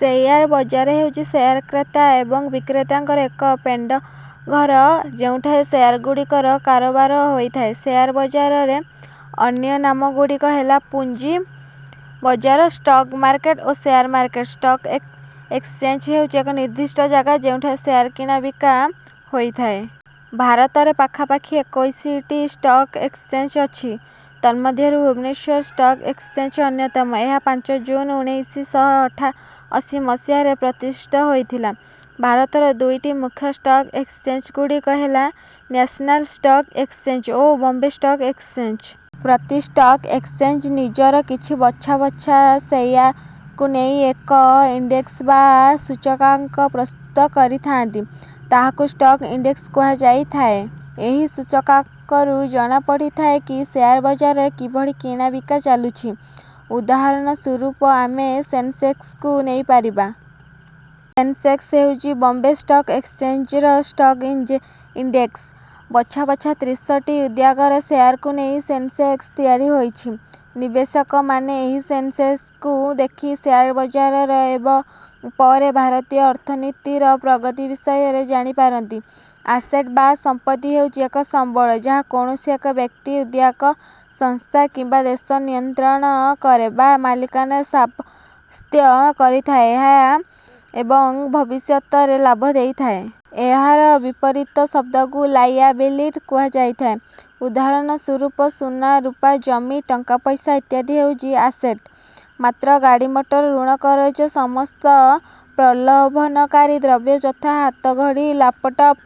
Share ବଜାର ହେଉଛି share କ୍ରେତା ଏବଂ ବିକ୍ରେତାଙ୍କର ଏକ ପେଣ୍ଠଘର, ଯେଉଁଠାରେ ଶେୟାରଗୁଡ଼ିକର କାରବାର ହୋଇଥାଏ। ଶେୟାର ବଜାରର ଅନ୍ୟ ନାମଗୁଡ଼ିକ ହେଲା ପୁଞ୍ଜି ବଜାର, ଷ୍ଟକ୍ ମାର୍କେଟ ବା ଶେୟାର ମାର୍କେଟ। ଷ୍ଟକ୍ ଏକ୍ସଚେଞ୍ଜ ହେଉଛି ଏକ ନିର୍ଦ୍ଦିଷ୍ଟ ଜାଗା, ଯେଉଁଠାରେ ଶେୟାର କିଣାବିକା ହୋଇଥାଏ। ଭାରତରେ ପାଖାପାଖି ଏକୋଇଶ ଟି ଷ୍ଟକ୍ ଏକ୍ସଚେଞ୍ଜ ଅଛି। ତନ୍ମଧ୍ୟରୁ ଭୁବନେଶ୍ୱର ଷ୍ଟକ୍ ଏକ୍ସଚେଞ୍ଜ ଅନ୍ୟତମ। ଏହା ପାଞ୍ଚ ଜୁନ୍ ଉଣେଇଶି ଶହ ଅଠାଅଶୀ ମସିହା ରେ ପ୍ରତିଷ୍ଠିତ ହୋଇଥିଲା। ଭାରତର ଦୁଇଟି ମୁଖ୍ୟ ଷ୍ଟକ୍ ଏକ୍ସଚେଞ୍ଜଗୁଡ଼ିକ ହେଲା ନ୍ୟାସନାଲ ଷ୍ଟକ୍ ଏକ୍ସଚେଞ୍ଜ ଓ ବମ୍ବେ ଷ୍ଟକ୍ ଏକ୍ସଚେଞ୍ଜ। ପ୍ରତି ଷ୍ଟକ୍ ଏକ୍ସଚେଞ୍ଜ ନିଜର କିଛି ବଛା ବଛା ଶେୟାରକୁ ନେଇ ଏକ ଇଣ୍ଡେକ୍ସ ବା ସୂଚକାଙ୍କ ପ୍ରସ୍ତୁତ କରିଥାନ୍ତି, ତାହାକୁ ଷ୍ଟକ୍ ଇଣ୍ଡେକ୍ସ କୁହାଯାଇଥାଏ। ଏହି ସୂଚକାଙ୍କରୁ ଜଣାପଡ଼ିଥାଏ କି ଶେୟାର ବଜାରରେ କିଭଳି କିଣାବିକା ଚାଲୁଛି। ଉଦାହରଣ ସ୍ୱରୂପ ଆମେ ସେନସେକ୍ସକୁ ନେଇପାରିବା। ସେନସେକ୍ସ ହେଉଛି ବମ୍ବେ ଷ୍ଟକ୍ ଏକ୍ସଚେଞ୍ଜର ଷ୍ଟକ୍ ଇ ଇଣ୍ଡେକ୍ସ। ବଛା ବଛା ତ୍ରିଶ ଟି ଉଦ୍ୟୋଗର ଶେୟାରକୁ ନେଇ ସେନସେକ୍ସ ତିଆରି ହୋଇଛି। ନିବେଶକମାନେ ଏହି ସେନସେକ୍ସକୁ ଦେଖି ଶେୟାର ବଜାରର ଏବଂ ପରେ ଭାରତୀୟ ଅର୍ଥନୀତିର ପ୍ରଗତି ବିଷୟରେ ଜାଣିପାରନ୍ତି। ଆସେଟ ବା ସମ୍ପତ୍ତି ହେଉଛି ଏକ ସମ୍ବଳ, ଯାହା କୌଣସି ଏକ ବ୍ୟକ୍ତି, ଉଦ୍ୟୋଗ, ସଂସ୍ଥା କିମ୍ବା ଦେଶ ନିୟନ୍ତ୍ରଣ କରେ ବା ମାଲିକାନା ସାବ୍ୟସ୍ତ କରିଥାଏ ଏହା ଏବଂ ଏହା ଭବିଷ୍ୟତରେ ଲାଭ ଦେଇଥାଏ। ଏହାର ବିପରୀତ ଶବ୍ଦକୁ ଲାୟାବିଲିଟି କୁହାଯାଇଥାଏ। ଉଦାହରଣ ସ୍ୱରୂପ ସୁନାରୂପା, ଜମି, ଟଙ୍କାପଇସା ଇତ୍ୟାଦି ହେଉଛି ଆସେଟ। ମାତ୍ର ଗାଡ଼ିମଟର, ଋଣ-କରଜ, ସମସ୍ତ ପ୍ରଲୋଭନକାରୀ ଦ୍ରବ୍ୟ ଯଥା ହାତଘଡ଼ି, ଲାପଟପ,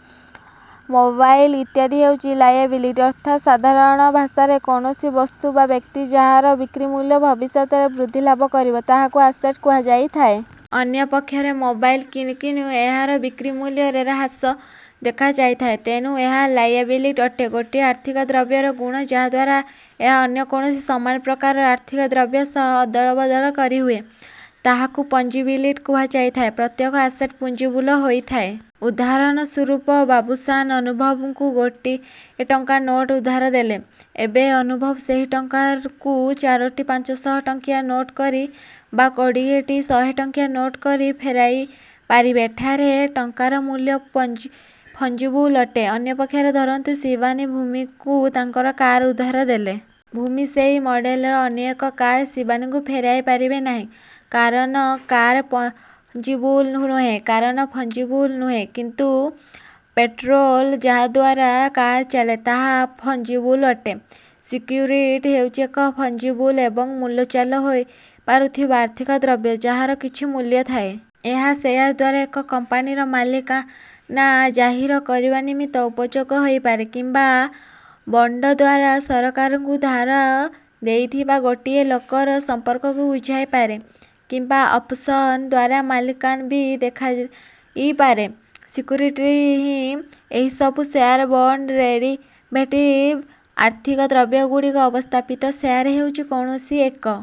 ମୋବାଇଲ ଇତ୍ୟାଦି ହେଉଛି ଲାୟାବିଲିଟି। ଅର୍ଥାତ ସାଧାରଣ ଭାଷାରେ କୌଣସି ବସ୍ତୁ ବା ବ୍ୟକ୍ତି, ଯାହାର ବିକ୍ରିମୂଲ୍ୟ ଭବିଷ୍ୟତରେ ବୃଦ୍ଧି ଲାଭ କରିବ, ତାହାକୁ ଆସେଟ କୁହାଯାଇଥାଏ। ଅନ୍ୟପକ୍ଷରେ ମୋବାଇଲ କିଣୁ କିଣୁ ଏହାର ବିକ୍ରିମୂଲ୍ୟରେ ହ୍ରାସ ଦେଖାଯାଇଥାଏ, ତେଣୁ ଏହା ଲାୟାବିଲିଟି ଅଟେ। ଗୋଟିଏ ଆର୍ଥିକ ଦ୍ରବ୍ୟର ଗୁଣ, ଯାହାଦ୍ୱାରା ଏହା ଅନ୍ୟ କୌଣସି ସମାନ ପ୍ରକାରର ଆର୍ଥିକ ଦ୍ରବ୍ୟ ସହ ଅଦଳବଦଳ କରିହୁଏ, ତାହାକୁ ଫଞ୍ଜିବିଲିଟି କୁହାଯାଇଥାଏ। ପ୍ରତ୍ୟେକ ଆସେଟ ଫଞ୍ଜିବୁଲ ହୋଇଥାଏ। ଉଦାହରଣ ସ୍ୱରୂପ ବାବୁଶାନ, ଅନୁଭବଙ୍କୁ ଗୋଟିଏ ଟଙ୍କା ନୋଟ ଉଧାର ଦେଲେ। ଏବେ ଅନୁଭବ ସେହି ଟଙ୍କାକୁ ଚାରୋଟି ପାଞ୍ଚ ଶହ ଟଙ୍କିଆ ନୋଟ କରି ବା କୋଡ଼ିଏ ଟି ଶହେ ଟଙ୍କିଆ ନୋଟ କରି ଫେରାଇପାରିବେ। ଏଠାରେ ଟଙ୍କାର ମୂଲ୍ୟ ଫଞ୍ଜିବୁଲ ଅଟେ। ଅନ୍ୟପକ୍ଷରେ ଧରନ୍ତୁ ଶିବାନୀ, ଭୂମିଙ୍କୁ ତାଙ୍କର କାର ଉଧାର ଦେଲେ। ଭୂମି ସେହି ମଡେଲର ଅନ୍ୟ ଏକ କାର ଶିବାନୀଙ୍କୁ ଫେରାଇ ପାରିବେ ନାହିଁ; କାରଣ କାର ଫଞ୍ଜିବୁଲ ନୁହେଁ। କାରଣ ଫଞ୍ଜିବୁଲ ନୁହେଁ, କିନ୍ତୁ ପେଟ୍ରୋଲ ଯାହାଦ୍ୱାରା କାର ଚାଲେ, ତାହା ଫଞ୍ଜିବୁଲ ଅଟେ। ସିକ୍ୟୁରିଟି ହେଉଛି ଏକ ଫଞ୍ଜିବୁଲ ଏବଂ ମୂଲଚାଲ ହୋଇପାରୁଥିବା ଆର୍ଥିକ ଦ୍ରବ୍ୟ, ଯାହାର କିଛି ମୂଲ୍ୟ ଥାଏ। ଏହା ଶେୟାର ଦ୍ୱାରା ଏକ କମ୍ପାନୀର ମାଲିକାନା ଜାହିର କରିବା ନିମିତ୍ତ ଉପଯୋଗ ହୋଇପାରେ କିମ୍ବା ବଣ୍ଡ ଦ୍ୱାରା ସରକାରଙ୍କୁ ଧାର ଦେଇଥିବା ଗୋଟିଏ ଲୋକର ସମ୍ପର୍କକୁ ବୁଝାଇପାରେ କିମ୍ବା ଅପସନ ଦ୍ୱାରା ମାଲିକାନା ବି ଦେଖାଇପାରେ। ସିକ୍ୟୁରିଟିରେ ହିଁ ଏହି ସବୁ ଶେୟାର, ବଣ୍ଡ, ଡେରିଭେଟିଭ ଆର୍ଥିକ ଦ୍ରବ୍ୟଗୁଡ଼ିକ ଅବସ୍ଥାପିତ। ଶେୟାର ହେଉଛି କୌଣସି ଏକ